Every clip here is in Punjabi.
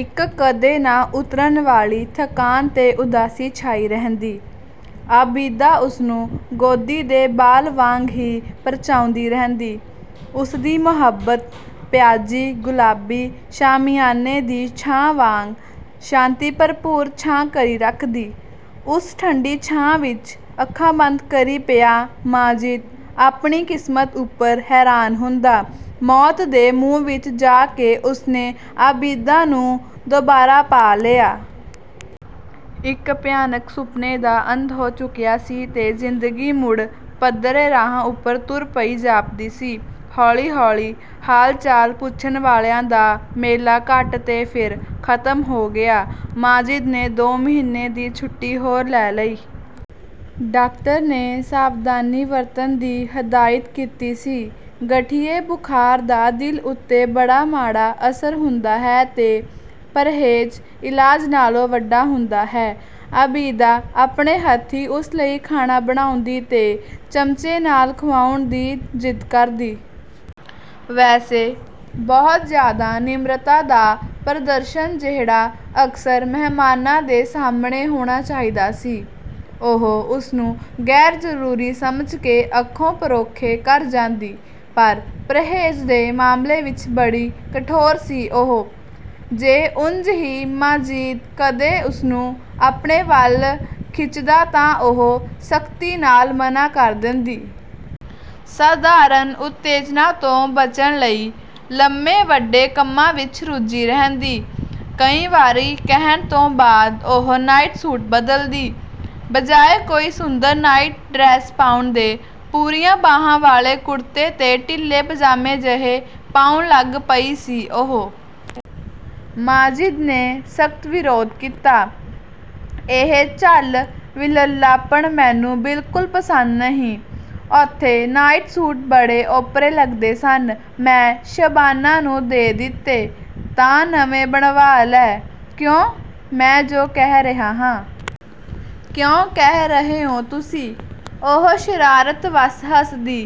ਇੱਕ, ਕਦੇ ਨਾ ਉਤਰਨ ਵਾਲੀ ਥਕਾਨ ਤੇ ਉਦਾਸੀ ਛਾਈ ਰਹਿੰਦੀ। ਆਬਿਦਾ ਉਸਨੂੰ ਗੋਦੀ ਦੇ ਬਾਲ ਵਾਂਗ ਹੀ ਪ੍ਰਚਾਉਂਦੀ ਰਹਿੰਦੀ। ਉਸਦੀ ਮੁਹੱਬਤ, ਪਿਆਜ਼ੀ-ਗੁਲਾਬੀ ਸ਼ਾਮਿਆਨੇ ਦੀ ਛਾਂ ਵਾਂਗ ਸ਼ਾਂਤੀ-ਭਰਪੂਰ ਛਾਂ ਕਰੀ ਰੱਖਦੀ। ਉਸ ਠੰਡੀ ਛਾਂ ਵਿੱਚ ਅੱਖਾਂ ਬੰਦ ਕਰੀ ਪਿਆ ਮਾਜਿਦ, ਆਪਣੀ ਕਿਸਮਤ ਉੱਪਰ ਹੈਰਾਨ ਹੁੰਦਾ, ਮੌਤ ਦੇ ਮੂੰਹ ਵਿੱਚ ਜਾ ਕੇ ਉਸਨੇ ਆਬਿਦਾ ਨੂੰ ਦੁਬਾਰਾ ਪਾ ਲਿਆ ਹੈ। ਇੱਕ ਭਿਆਨਕ ਸੁਪਨੇ ਦਾ ਅੰਤ ਹੋ ਚੁੱਕਿਆ ਸੀ ਤੇ ਜ਼ਿੰਦਗੀ ਮੁੜ ਪੱਧਰੇ ਰਾਹਾਂ ਉੱਪਰ ਤੁਰ ਪਈ ਜਾਪਦੀ ਸੀ। ਹੌਲੀ-ਹੌਲੀ ਹਾਲ-ਚਾਲ ਪੁੱਛਣ ਵਾਲਿਆਂ ਦਾ ਮੇਲਾ ਘੱਟ, ਤੇ ਫਿਰ ਖ਼ਤਮ ਹੋ ਗਿਆ। ਮਾਜਿਦ ਨੇ ਦੋ ਮਹੀਨੇ ਦੀ ਛੁੱਟੀ ਹੋਰ ਲੈ ਲਈ। ਡਾਕਟਰ ਨੇ ਸਾਵਧਾਨੀ ਵਰਤਣ ਦੀ ਹਦਾਇਤ ਕੀਤੀ ਸੀ। ਗਠੀਏ ਬੁਖਾਰ ਦਾ ਦਿਲ ਉੱਤੇ ਬੜਾ ਮਾੜਾ ਅਸਰ ਹੁੰਦਾ ਹੈ ਤੇ ਪ੍ਰਹੇਜ਼, ਇਲਾਜ਼ ਨਾਲੋਂ ਵੱਡਾ ਹੁੰਦਾ ਹੈ। ਆਬਿਦਾ ਆਪਣੇ ਹੱਥੀਂ ਉਸ ਲਈ ਖਾਣਾ ਬਣਾਉਂਦੀ ਤੇ ਚਮਚੇ ਨਾਲ ਖੁਆਉਣ ਦੀ ਜ਼ਿੱਦ ਕਰਦੀ। ਵੈਸੇ, ਬਹੁਤ ਜ਼ਿਆਦਾ ਨਿਮਰਤਾ ਦਾ ਪ੍ਰਦਰਸ਼ਨ ਜਿਹੜਾ ਅਕਸਰ ਮਹਿਮਾਨਾਂ ਦੇ ਸਾਹਮਣੇ ਹੋਣਾ ਚਾਹੀਦਾ ਸੀ, ਉਹ ਉਸਨੂੰ ਗ਼ੈਰਜ਼ਰੂਰੀ ਸਮਝ ਕੇ ਅੱਖੋਂ ਪਰੋਖੇ ਕਰ ਜਾਂਦੀ। ਪਰ ਪ੍ਰਹੇਜ਼ ਦੇ ਮਾਮਲੇ ਵਿੱਚ ਬੜੀ ਕਠੋਰ ਸੀ ਉਹ। ਜੇ ਉਂਜ ਹੀ ਮਾਜਿਦ ਕਦੇ ਉਸਨੂੰ ਆਪਣੇ ਵੱਲ ਖਿੱਚਦਾ ਤਾਂ ਉਹ ਸਖ਼ਤੀ ਨਾਲ ਮਨ੍ਹਾਂ ਕਰ ਦੇਂਦੀ। ਸਾਧਾਰਨ ਉਤੇਜਨਾ ਤੋਂ ਬਚਣ ਲਈ, ਲੰਮੇ-ਵੱਡੇ ਕੰਮਾਂ ਵਿੱਚ ਰੁੱਝੀ ਰਹਿੰਦੀ। ਕਈ ਵਾਰੀ ਕਹਿਣ ਤੋਂ ਬਾਅਦ ਉਹ ਨਾਈਟ ਸੂਟ ਬਦਲਦੀ। ਬਜਾਏ ਕੋਈ ਸੁੰਦਰ ਨਾਈਟ-ਡਰੈਸ ਪਾਉਣ ਦੇ, ਪੂਰੀਆਂ ਬਾਹਾਂ ਵਾਲੇ ਕੁਰਤੇ ਤੇ ਢਿੱਲੇ ਪਾਜਾਮੇ ਜਿਹੇ ਪਾਉਣ ਲੱਗ ਪਈ ਸੀ ਉਹ। ਮਾਜਿਦ ਨੇ ਸਖ਼ਤ ਵਿਰੋਧ ਕੀਤਾ। "ਇਹ ਝੱਲ-ਵਲੱਲਾਪਣ ਮੈਨੂੰ ਬਿਲਕੁਲ ਪਸੰਦ ਨਹੀਂ।" "ਉੱਥੇ ਨਾਈਟ ਸੂਟ ਬੜੇ ਓਪਰੇ ਲੱਗਦੇ ਸਨ, ਮੈਂ ਸ਼ਬਾਨਾ ਨੂੰ ਦੇ ਦਿੱਤੇ।" "ਤਾਂ ਨਵੇਂ ਬਣਵਾ ਲੈ।" "ਕਿਉਂ?" "ਮੈਂ ਜੋ ਕਹਿ ਰਿਹਾ ਹਾਂ।" "ਕਿਉਂ ਕਹਿ ਰਹੇ ਹੋ ਤੁਸੀਂ?" ਉਹ ਸ਼ਰਾਰਤ ਵੱਸ ਹੱਸਦੀ,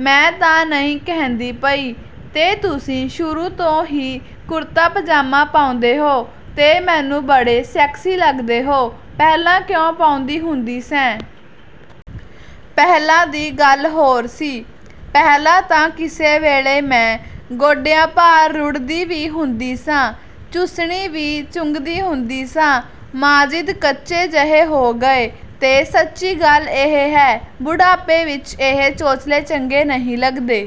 "ਮੈਂ ਤਾਂ ਨਹੀਂ ਕਹਿੰਦੀ ਪਈ, ਤੇ ਤੁਸੀਂ ਸ਼ੁਰੂ ਤੋਂ ਹੀ ਕੁਰਤਾ ਪਾਜਾਮਾ ਪਾਉਂਦੇ ਹੋ, ਤੇ ਮੈਨੂੰ ਬੜੇ ਸੈਕਸੀ ਲੱਗਦੇ ਹੋ!" "ਪਹਿਲਾਂ ਕਿਉਂ ਪਾਉਂਦੀ ਹੁੰਦੀ ਸੈਂ?" "ਪਹਿਲਾਂ ਦੀ ਗੱਲ ਹੋਰ ਸੀ, ਪਹਿਲਾਂ ਤਾਂ ਕਿਸੇ ਵੇਲੇ ਮੈਂ ਗੋਡਿਆਂ ਭਾਰ ਰੁੜ੍ਹਦੀ ਵੀ ਹੁੰਦੀ ਸਾਂ। ਚੂਸਨੀ ਵੀ ਚੁੰਘਦੀ ਹੁੰਦੀ ਸਾਂ।" ਮਾਜਿਦ ਕੱਚੇ ਜਿਹੇ ਹੋ ਗਏ। "ਤੇ ਸੱਚੀ ਗੱਲ ਇਹ ਹੈ, ਬੁਢਾਪੇ ਵਿੱਚ ਇਹ ਚੋਚਲੇ ਚੰਗੇ ਨਹੀਂ ਲੱਗਦੇ।"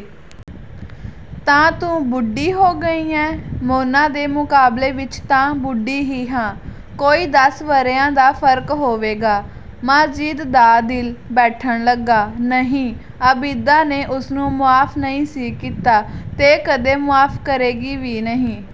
"ਤਾਂ ਤੂੰ ਬੁੱਢੀ ਹੋ ਗਈ ਹੈਂ?" "ਮੋਨਾ ਦੇ ਮੁਕਾਬਲੇ ਵਿੱਚ ਤਾਂ ਬੁੱਢੀ ਹੀ ਹਾਂ। ਕੋਈ ਦਸ ਵਰ੍ਹਿਆਂ ਦਾ ਫ਼ਰਕ ਹੋਵੇਗਾ।" ਮਾਜਿਦ ਦਾ ਦਿਲ ਬੈਠਣ ਲੱਗਾ। ਨਹੀਂ, ਆਬਿਦਾ ਨੇ ਉਸਨੂੰ ਮੁਆਫ਼ ਨਹੀਂ ਸੀ ਕੀਤਾ, ਤੇ ਕਦੇ ਮੁਆਫ਼ ਕਰੇਗੀ ਵੀ ਨਹੀਂ।